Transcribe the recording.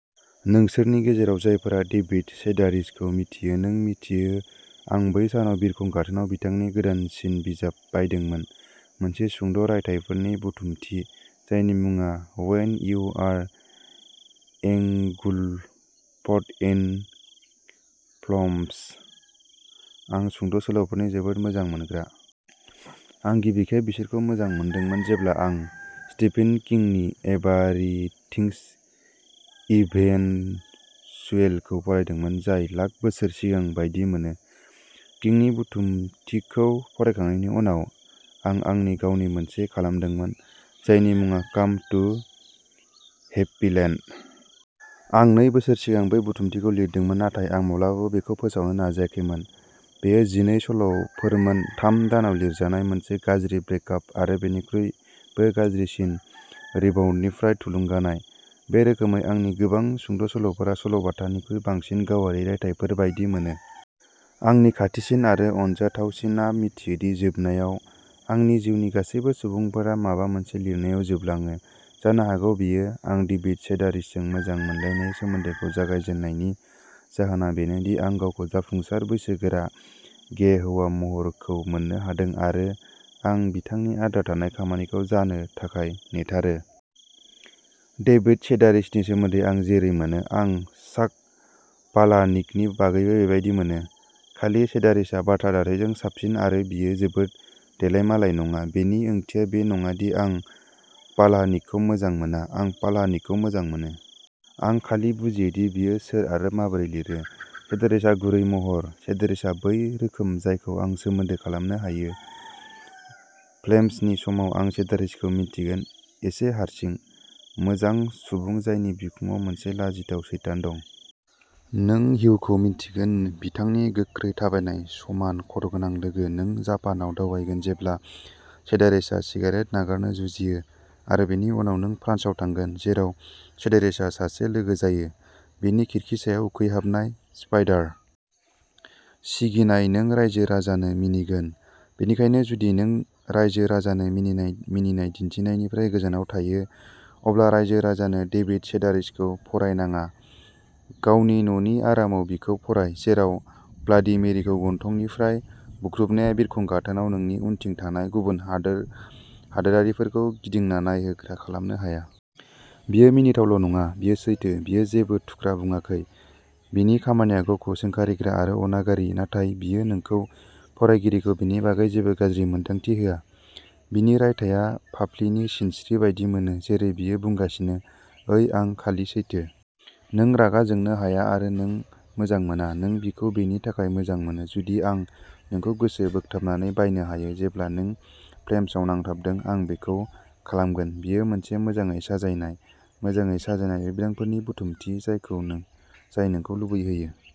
नोंसोरनि गेजेराव जायफोरा डेभिड सेडारिसखौ मिथियो, नों मिथियो आं बै सानाव बिरखं गाथोनाव बिथांनि गोदानसिन बिजाब बायदोंमोन मोनसे सुंद' रायथाइफोरनि बुथुमथि, जायनि मुङा when you are engulfed in flames. आं सुंद' सल'फोरनि जोबोद मोजां मोनग्रा। आं गिबि खेब बिसोरखौ मोजां मोनदोंमोन जेब्ला आं स्टिफेन किंनि एभरिथिंस इभेन्चुएलखौ फरायदोंमोन, जाय लाख बोसोर सिगां बायदि मोनो। किंनि बुथुमथिखौ फरायखांनायनि उनाव, आं आंनि गावनि मोनसे खालामदोंमोन, जायनि मुङा काम टु हेप्पीलेन्ड। आं नै बोसोर सिगां बै बुथुमथिखौ लिरदोंमोन, नाथाय आं माब्लाबाबो बेखौ फोसावनो नाजाखैमोन। बेयो जिनै सल'फोरमोन, थाम दानाव लिरजानाय, मोनसे गाज्रि ब्रेकआप आरो बेनिख्रुइबो गाज्रिसिन रिबाउन्डनिफ्राय थुलुंगानाय। बे रोखोमै, आंनि गोबां सुंद'सल'फोरा सल'बाथानिख्रुइ बांसिन गावारि रायथाइफोर बायदि मोनो। आंनि खाथिसिन आरो अनजाथावसिनआ मिथियो दि जोबनायाव, आंनि जिउनि गासैबो सुबुंफोरा माबा मोनसे लिरनायाव जोबलाङो। जानो हागौ बेयो। आं डेभिड सेडारिसजों मोजां मोनलायनाय सोमोन्दोखौ जागाय जेननायनि जाहोना बेनो दि आं गावखौ जाफुंसार, बैसोगोरा, गे हौवा महरखौ मोननो हादों, आरो आं बिथांनि आद्रा थानाय खामानिखौ जानो थाखाय नेथारो। डेभिड सेडारिसनि सोमोन्दै आं जेरै मोनो, आं चाक पालाहनिकनि बागैबो बेबायदि मोनो, खालि सेडारिसआ बाथ्रा दाथाइजों साबसिन आरो बियो जोबोद देलायमालाय नङा। बेनि ओंथिया बे नङा दि आं पालाहनिकखौ मोजां मोना। आं पालाहनिकखौ मोजां मोनो। आं खालि बुजियो दि बियो सोर आरो माबोरै लिरो। सेडारिसआ गुरै महर। सेडारिसआ बै रोखोम जायखौ आं सोमोन्दो खालामनो हायो। फ्लेम्सनि समाव, नों सेडारिसखौ मिन्थिगोन एसे हारसिं, मोजां सुबुं जायनि बिखुङाव मोनसे लाजिथाव सैतान दं। नों हिउखौ मिन्थिगोन, बिथांनि गोख्रै थाबायनाय, समान खर'गोनां लोगो। नों जापानआव दावबायगोन जेब्ला सेडारिसआ सिगारेट नागारनो जुजियो, आरो बेनि उनाव, नों फ्रान्सआव थांगोन, जेराव सेडारिसआ सासे लोगो जायो। बिनि खिरखि सायाव उखैहाबनाय स्पाइडार। सिगिनाय नों रायजो राजानो मिनिगोन, बेनिखायनो जुदि नों राइजो राजानो मिनिनाय मिनिनाय दिन्थिनायनिफ्राय गोजानाव थायो, अब्ला रायजो राजानो डेभिड सेडारिसखौ फरायनाङा। गावनि न'नि आरामाव बिखौ फराय, जेराव ब्लाडि मेरिखौ गन्थंनिफ्राय बुख्रुबनाया बिरखं गाथोनाव नोंनि उनथिं थानाय गुबुन हादोरारिफोरखौ गिदिंना नायहोग्रा खालामनो हाया। बियो मिनिथावल' नङा। बियो सैथो। बियो जेबो थुख्रा बुङाखै। बिनि खामानिया गावखौ सोंखारिग्रा आरो अनागारि, नाथाय बियो नोंखौ, फरायगिरिखौ, बेनि बागै जेबो गाज्रि मोन्दांथि होआ। बिनि रायथाइया फाफ्लिनि सिनस्रि बायदि मोनो। जेरै बियो बुंगासिनो, ओइ, आं खालि सैथो। नों रागा जोंनो हाया आरो नों मोजां मोना। नों बिखौ बेनि थाखाय मोजां मोनो। जुदि आं नोंखौ गोसो बोगथाबनानै बायनो हायो जेब्ला नों फ्लेम्सआव नांथाबदों, आं बेखौ खालामगोन। बेयो मोनसे मोजाङै साजायनाय, मोजाङै साजायनाय लिरबिदांफोरनि बुथुमथि जाय नोंखौ लुबैहोयो।